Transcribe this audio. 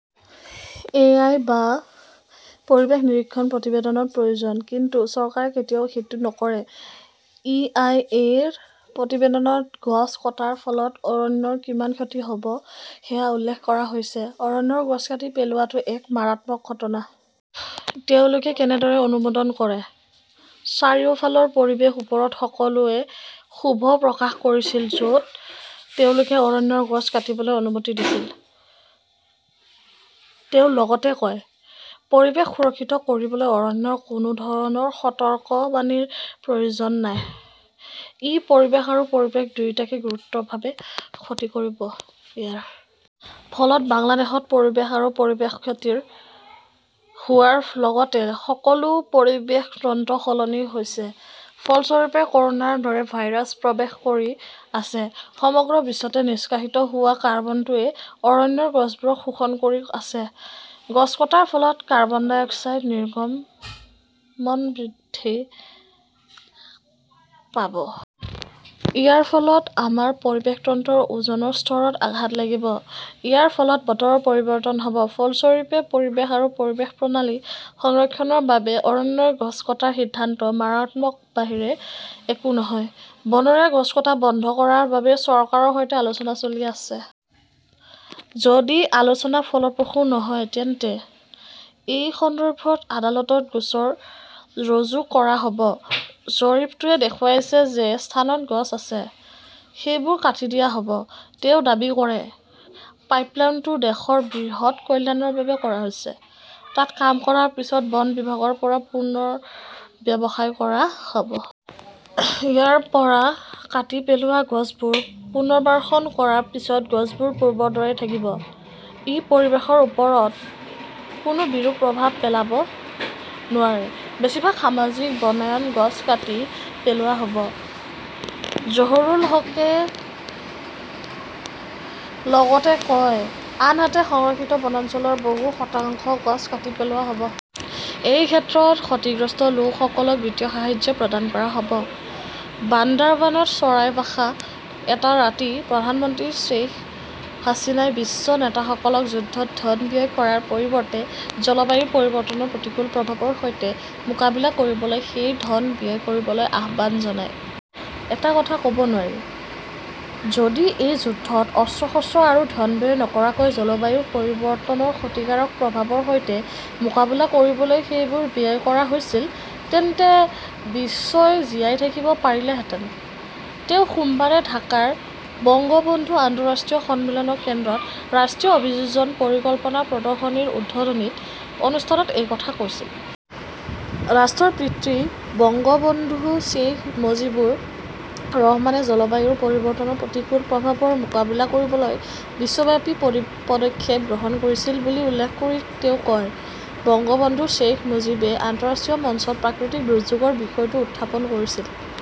আই. A. বা পৰিৱেশ নিৰীক্ষণ প্ৰতিবেদনৰ প্ৰয়োজন। কিন্তু চৰকাৰে কেতিয়াও সেইটো নকৰে। ই. আই. এ. -ৰ প্ৰতিবেদনত গছ কটাৰ ফলত অৰণ্যৰ কিমান ক্ষতি হ'ব সেয়া উল্লেখ কৰা হৈছে। অৰণ্যৰ গছ কাটি পেলোৱাটো এক মাৰাত্মক ঘটনা। তেওঁলোকে ইয়াক কেনেদৰে অনুমোদন কৰে? চাৰিওফালৰ পৰিৱেশৰ ওপৰত সকলোৱে ক্ষোভ প্ৰকাশ কৰিছিল য'ত তেওঁলোকে অৰণ্যৰ গছ কাটিবলৈ অনুমতি দিছিল। "তেওঁ লগতে কয়", পৰিৱেশ সুৰক্ষিত কৰিবলৈ অৰণ্যৰ ওপৰত কোনো ধৰণৰ সতৰ্কবাণীৰ প্ৰয়োজন নাই। ই পৰিৱেশ আৰু পৰিৱেশ দুয়োটাকে গুৰুতৰভাৱে ক্ষতি কৰিব। ইয়াৰ ফলত বাংলাদেশত পৰিৱেশ আৰু পৰিৱেশৰ ক্ষতি হোৱাৰ লগতে সকলো পৰিৱেশ তন্ত্ৰ সলনি হৈছে। ফলস্বৰূপে, ক'ৰোনাৰ দৰে ভাইৰাছ প্ৰৱেশ কৰি আছে। সমগ্ৰ বিশ্বতে নিষ্কাশিত হোৱা কাৰ্বনটোৱে অৰণ্যৰ গছবোৰক শোষণ কৰি আছে। গছ কটাৰ ফলত কাৰ্বন-ডাই অক্সাইড নিৰ্গমন বৃদ্ধি পাব। ইয়াৰ ফলত আমাৰ পৰিৱেশ তন্ত্ৰৰ ওজনৰ স্তৰত আঘাত লাগিব। ইয়াৰ ফলত বতৰৰ পৰিৱৰ্তন হ'ব। ফলস্বৰূপে, পৰিৱেশ আৰু পৰিৱেশ প্ৰণালী সংৰক্ষণৰ বাবে অৰণ্যৰ গছ কটাৰ সিদ্ধান্ত মাৰাত্মকৰ বাহিৰে একো নহয়। বনৰীয়া গছ কটা বন্ধ কৰাৰ বাবে চৰকাৰৰ সৈতে আলোচনা চলি আছে। যদি আলোচনা ফলপ্ৰসূ নহয়, তেন্তে এই সন্দৰ্ভত আদালতত গোচৰ ৰুজু কৰা হ'ব। জৰীপটোৱে দেখুৱাইছে যে এই স্থানত গছ আছে। সেইবোৰ কাটি দিয়া হ'ব। তেওঁ দাবী কৰে, "পাইপলাইনটো দেশৰ বৃহৎ কল্যাণৰ বাবে কৰা হৈছে, তাত কাম কৰাৰ পিছত বন বিভাগৰ পৰা পুনৰ্ব্যৱসায় কৰা হ'ব।" ইয়াৰ পৰা কাটি পেলোৱা গছবোৰ পুনৰ্বাসন কৰাৰ পিছত গছবোৰ পূৰ্বৰ দৰেই থাকিব। ই পৰিৱেশৰ ওপৰত কোনো বিৰূপ প্ৰভাৱ পেলাব নোৱাৰে। "বেছিভাগ সামাজিক বনায়ন গছ কাটি পেলোৱা হ'ব ", জহুৰুল হাকে লগতে কয়। আনহাতে, সংৰক্ষিত বনাঞ্চলৰ বহু শতাংশ গছ কাটি পেলোৱা হ'ব। এই ক্ষেত্ৰত ক্ষতিগ্ৰস্ত লোকসকলক বিত্তীয় সাহায্য প্ৰদান কৰা হ'ব। " বান্দাৰবানত 'চৰাইৰ বাসা' ত এটা ৰাতি প্ৰধানমন্ত্ৰী শ্বেইখ হাছিনাই বিশ্ব নেতাসকলক যুদ্ধত ধন ব্যয় কৰাৰ পৰিৱৰ্তে জলবায়ু পৰিৱৰ্তনৰ প্ৰতিকূল প্ৰভাৱৰ সৈতে মোকাবিলা কৰিবলৈ সেই ধন ব্যয় কৰিবলৈ আহ্বান জনায়। "এটা কথা ক'ব নোৱাৰি, যদি এই যুদ্ধত অস্ত্ৰ-শস্ত্ৰ আৰু ধন ব্যয় নকৰাকৈ জলবায়ু পৰিৱৰ্তনৰ ক্ষতিকাৰক প্ৰভাৱৰ সৈতে মোকাবিলা কৰিবলৈ সেইবোৰ ব্যয় কৰা হৈছিল, তেন্তে বিশ্বই জীয়াই থাকিব পাৰিলেহেঁতেন। "তেওঁ সোমবাৰে ঢাকাৰ বঙ্গবন্ধু আন্তঃৰাষ্ট্ৰীয় সন্মিলন কেন্দ্ৰত" ৰাষ্ট্ৰীয় অভিযোজন পৰিকল্পনা প্ৰদৰ্শনীৰ উদ্বোধনী অনুষ্ঠানত এই কথা কৈছিল। ৰাষ্ট্ৰৰ পিতৃ বঙ্গবন্ধু শ্বেইখ মুজীবুৰ ৰহমানে জলবায়ু পৰিৱৰ্তনৰ প্ৰতিকূল প্ৰভাৱৰ মোকাবিলা কৰিবলৈ বিশ্বব্যাপী পদক্ষেপ গ্ৰহণ কৰিছিল বুলি উল্লেখ কৰি তেওঁ কয়,"বঙ্গবন্ধু শ্বেইখ মুজীবে আন্তঃৰাষ্ট্ৰীয় মঞ্চত প্ৰাকৃতিক দুৰ্যোগৰ বিষয়টো উত্থাপন কৰিছিল।"